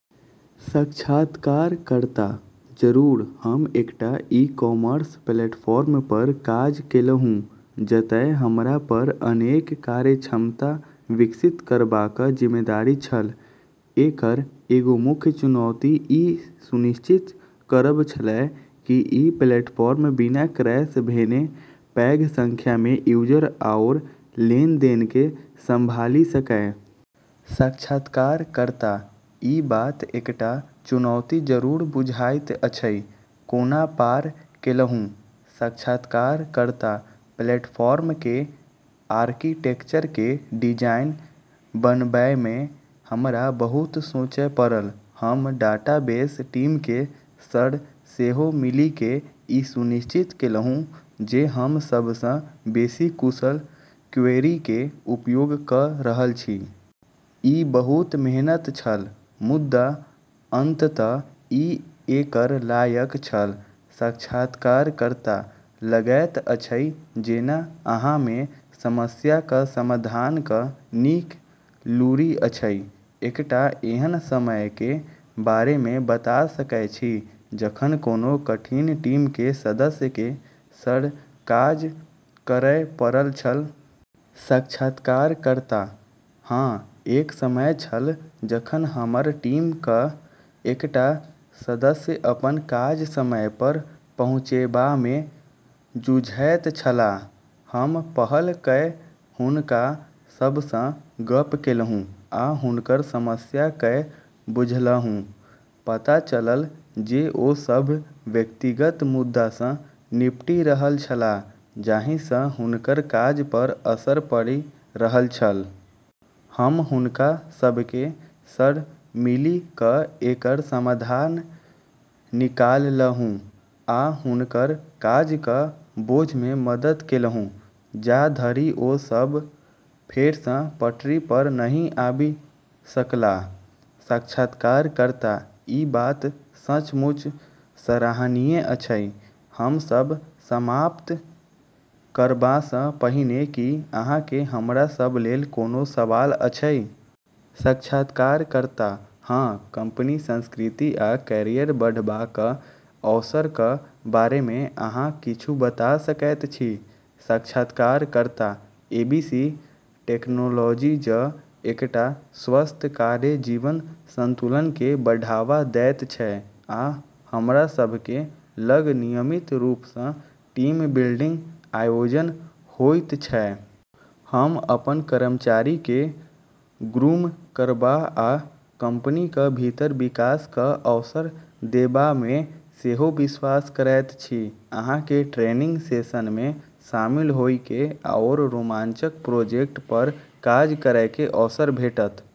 साक्षात्कारकर्ता: जरूर। हम एकटा ई-कॉमर्स प्लेटफॉर्म पर काज केलहुँ, जतय हमरा पर अनेक कार्यक्षमता विकसित करबाक जिम्मेदारी छल। एकर एगो मुख्य चुनौती ई सुनिश्चित करब छलै कि ई प्लेटफॉर्म बिना क्रैश भेने पैघ संख्यामे यूजर आओर लेनदेनके संभालि सकै । साक्षात्कारकर्ता: ई बात एकटा चुनौती जरूर बुझाइत अछि। कोना पार केलहुँ? साक्षात्कारकर्ता: प्लेटफार्मके आर्किटेक्चरके डिजाइन बनबैमे हमरा बहुत सोचय पड़ल। हम डाटाबेस टीमके सङ्ग सेहो मिलिके ई सुनिश्चित केलहुँ जे हम सबसँ बेसी कुशल क्वेरीके उपयोग क' रहल छी । ई बहुत मेहनत छल, मुदा अंततः, ई एकर लायक छल। साक्षात्कारकर्ता: लगैत अछि जेना अहाँमे समस्याक समाधानक नीक लूरि अछि। एकटा एहन समयके बारेमे बता सकय छी जखन कोनो कठिन टीमके सदस्यके सङ्ग काज करय पड़ल छल? साक्षात्कारकर्ता: हँ, एक समय छल जखन हमर टीमक एकटा सदस्य अपन काज समय पर पहुँचेबामे जूझैत छलाह। हम पहल कए हुनका सबसँ गप केलहुँ आ हुनकर समस्या कए बुझलहुँ । पता चलल जे ओ सब व्यक्तिगत मुद्दासँ निपटि रहल छलाह जाहिसँ हुनकर काज पर असर पड़ि रहल छल। हम हुनका सबके सङ्ग मिलि क' एकर समाधान निकाललहुँ आ हुनकर काजक बोझमे मदद केलहुँ जा धरि ओ सब फेरसँ पटरी पर नहि आबि सकलाह। साक्षात्कारकर्ता: ई बात सचमुच सराहनीय अछि! हम सब समाप्त करबासँ पहिने की अहाँके हमरा सब लेल कोनो सवाल अछि? साक्षात्कारकर्ता: हँ, कंपनीक संस्कृति आ कैरियर बढ़बाक अवसरक बारेमे अहाँ किछु बता सकैत छी? साक्षात्कारकर्ता: एबीसी टेक्नोलॉजीज एकटा स्वस्थ कार्य-जीवन संतुलनके बढ़ावा दैत छै, आ हमरा सबके लग नियमित रूपसँ टीम-बिल्डिंग आयोजन होइत छै । हम अपन कर्मचारीके ग्रूम करबा आ कंपनीक भीतर विकास क' अवसर देबामे सेहो विश्वास करैत छी। अहाँके ट्रेनिंग सेशनमे शामिल होइके आओर रोमांचक प्रोजेक्ट पर काज करैके अवसर भेटत ।